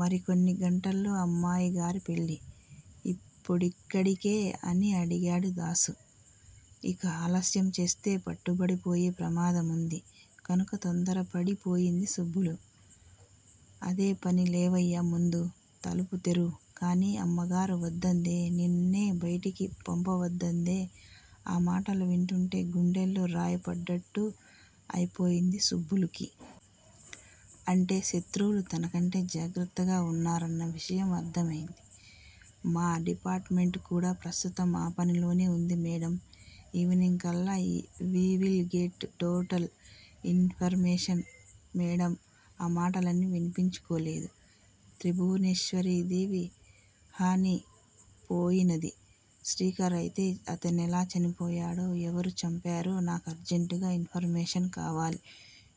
మరికొన్ని గంటల్లో అమ్మాయి గారి పెళ్ళి. ఇప్పుడెక్కడికే? అని అడిగాడు దాసు. ఇక ఆలస్యం చేస్తే పట్టుబడిపోయే ప్రమాదముంది కనుక తొందరపడి పోయింది సుబ్బులు. అదే పని లేవయ్యా ముందు తలుపు తెరువ్ కానీ అమ్మగారు వద్దందే నిన్నే బయటికి పంపవద్దందే ఆ మాటలు వింటుంటే గుండెల్లో రాయి పడ్డట్టు అయిపొయింది సుబ్బులుకి. అంటే శత్రువులు తనకంటే జాగ్రత్తగా వున్నారన్న విషయం అర్థమయింది. మా డిపార్టుమెంట్ కూడా ప్రస్తుతం ఆ పనిలోనే ఉంది మేడమ్ ఈవెనింగ్ కల్లా we will get total information madam ఆ మాటల్ని విన్పించుకోలేదు త్రిభువనేశ్వరీ దేవి హని పోయినది శ్రీకర్ అయితే అతనెలా చనిపోయాడో ఎవరు చంపారో నా కర్జంటుగా ఇన్ ఫర్ మేషన్ కావాలి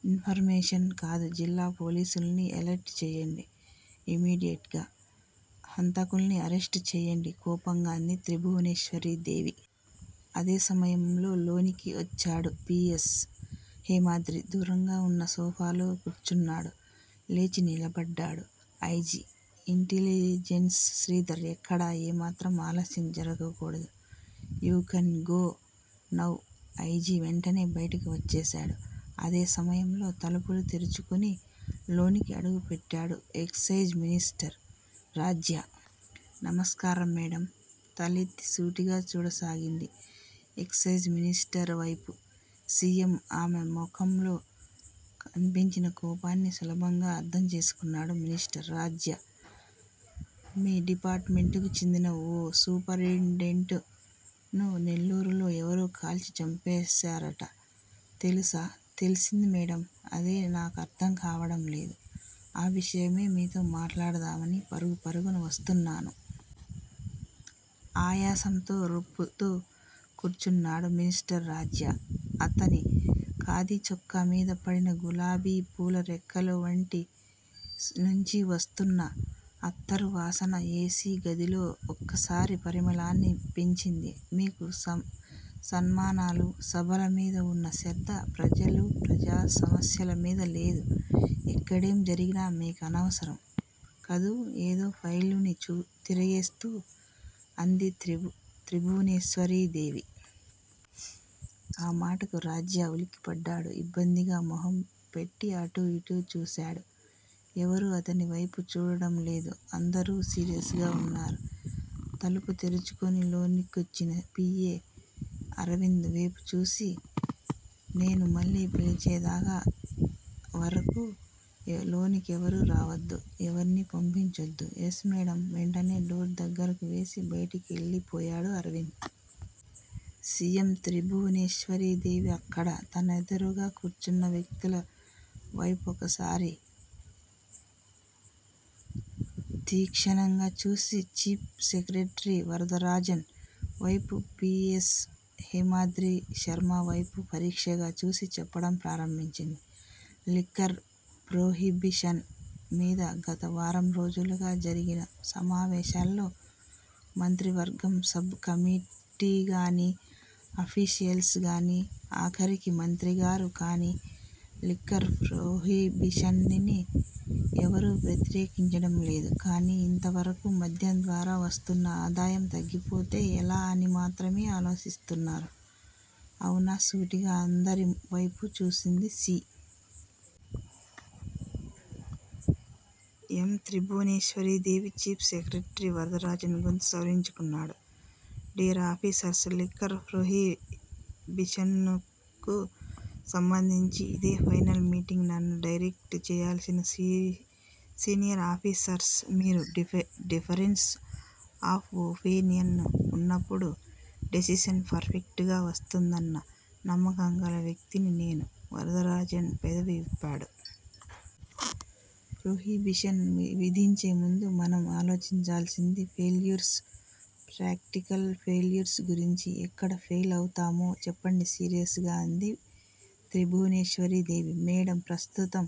ఇన్ ఫర్ మేషన్ కాదు జిల్లా పోలీసుల్ని ఎలర్టు చెయ్యండి ఇమ్మీడియట్ గా హంతకుల్ని అరెస్ట్ చెయ్యండి కోపంగా అంది త్రిభువనేశ్వరీ దేవి. అదే సమయంలో, లోనికొచ్చాడు పి. ఎస్. హేమాద్రి దూరంగా ఉన్న సోఫాలో కూర్చున్నాడు. లేచి నిలబడ్డాడు ఐ. జి. ఇంటెలిజెన్స్ శ్రీధర్. ఎక్కడా ఏమాత్రం ఆలస్యం జరగకూడదు you can go now I. G. వెంటనే బయటకు వచ్చేసాడు. అదే సమయంలో తలుపు తెరచుకుని, లోనికి అడుగుపెట్టాడు ఎక్సయిజ్ మినిస్టర్ రాజ్య. నమస్కారం మేడమ్ తలెత్తి, సూటిగా చూడసాగింది ఎక్సయిజ్ మినిస్టర్ వైపు సి. ఎం. ఆమె ముఖ్మలో కన్పించిన కోపాన్ని సులభంగానే అర్ధం చేసుకున్నాడు మినిస్టర్ రాజ్య. మీ డిపార్టుమెంటుకు చెందిన ఒక సూపరింటెండెంట్ ను నెల్లూరులో ఎవరో కాల్చి చంపేసార్ట తెలుసా తెల్సింది మేడమ్ అదే నాకర్ధం కావడం లేదు ఆ విషయమే మీతో మాట్లాడదామని, పరుగు పరుగున వస్తున్నాను. ఆయాసంతో రొప్పుతూ కూర్చున్నాడు మినిస్టర్ రాజ్య. అతని ఖాదీ చొక్కామీద పడిన గులాబీపూల రెక్కలు వంటి నుంచి వస్తున్న అత్తరు వాసన ఏసీ గదిలో ఒక్కసారి పరిమళాన్ని పెంచింది. మీకు సన్మానాలు సభల మీద వున్న శ్రద్ద- ప్రజలు ప్రజా సమస్యల మీద లేదు ఎక్కడేం జరిగినా మీకనవసరం కదూ ఏదో ఫైలుని తిరగేస్తూ అంది త్రిభువనేశ్వరీ దేవి. ఆ మాటకు రాజ్య ఉలిక్కిపడ్డాడు ఇబ్బందిగా మొహం పెట్టి అటూ యిటూ చూసాడు. ఎవరూ అతని వైపు చూడడంలేదు అందరూ సీరియస్ గా ఉన్నారు తలుపు తెరచుకొని లోనికొచ్చిన పి. ఎ. అరవింద్ వేపు చూసి- నేను మళ్ళీ పిలిచే వరకూ లోనికెవరూ రావద్దు ఎవర్నీ పంపించొద్దు ఎస్ మేడమ్ వెంటనే డోర్ దగ్గరకు వేసి, బయటికెళ్ళి పోయాడు అరవింద్. సి. ఎమ్. త్రిభువనేశ్వరీ దేవి అక్కడ తనెదురుగా కూర్చున్న వ్యక్తుల వైపొకసారి తీక్షణంగా చూసి- చీఫ్ సెక్రట్రీ వరదరాజన్ వైపు, పి. ఎస్. హేమాద్రిశర్మ వైపు పరీక్షగా చూసి చెప్పడం ప్రారంభించింది. లిక్కర్ ప్రొహిబిషన్ మీద గత వారం రోజులుగా, జరిగిన సమావేశాల్లో మంత్రివర్గం సబ్ కమిటీగాని, అఫీషియల్స్ గానీ, ఆఖరికి మంత్రిగారు కానీ, లిక్కర్ ప్రొహిబిషన్ ని ఎవరూ వ్యతిరేకించడం లేదు కానీ ఇంతవరకూ మద్యం ద్వారా వస్తున్న ఆదాయం తగ్గిపోతే ఎలా అని మాత్రమే ఆలోచిస్తున్నారు అవునా సూటిగా అందరి వైపూ చూసింది C. M. Tribhuvaneshwari Devi. Chief secretary Varadarajan గొంతు సవరించుకున్నాడు. డియర్ ఆఫీసర్స్ లిక్కర్ ప్రొహిబిషన్ కు సంబంధించి ఇదే ఫైనల్ మీటింగ్ నన్ను డైరెక్ట్ చెయ్యాల్సిన సీనియర్ ఆఫీసర్స్ మీరు డిఫరెన్స్ ఆఫ్ ఒపీనియన్ ఉన్నప్పుడు డెసిషన్ పర్ ఫెక్టుగా వస్తుందన్న నమ్మకం గల వ్యక్తిని నేను వరదరాజన్ పెదవి విప్పాడు. ప్రొహిబిషన్ విధించేముందు, మనం ఆలోచించాల్సింది ఫెయిల్యూర్స్ ప్రాక్టికల్ ఫెయిల్యూర్స్ గురించి ఎక్కడ ఫెయిలౌతామో చెప్పండి సీరియస్ గా అంది త్రిభువనేశ్వరీ దేవి. మేడమ్ ప్రస్తుతం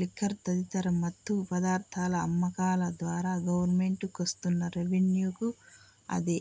లిక్కర్ తదితర మత్తు పదార్ధాల అమ్మకాల ద్వారా గవర్నమెంట్ కొస్తున్న రెవెన్యూకు, అదే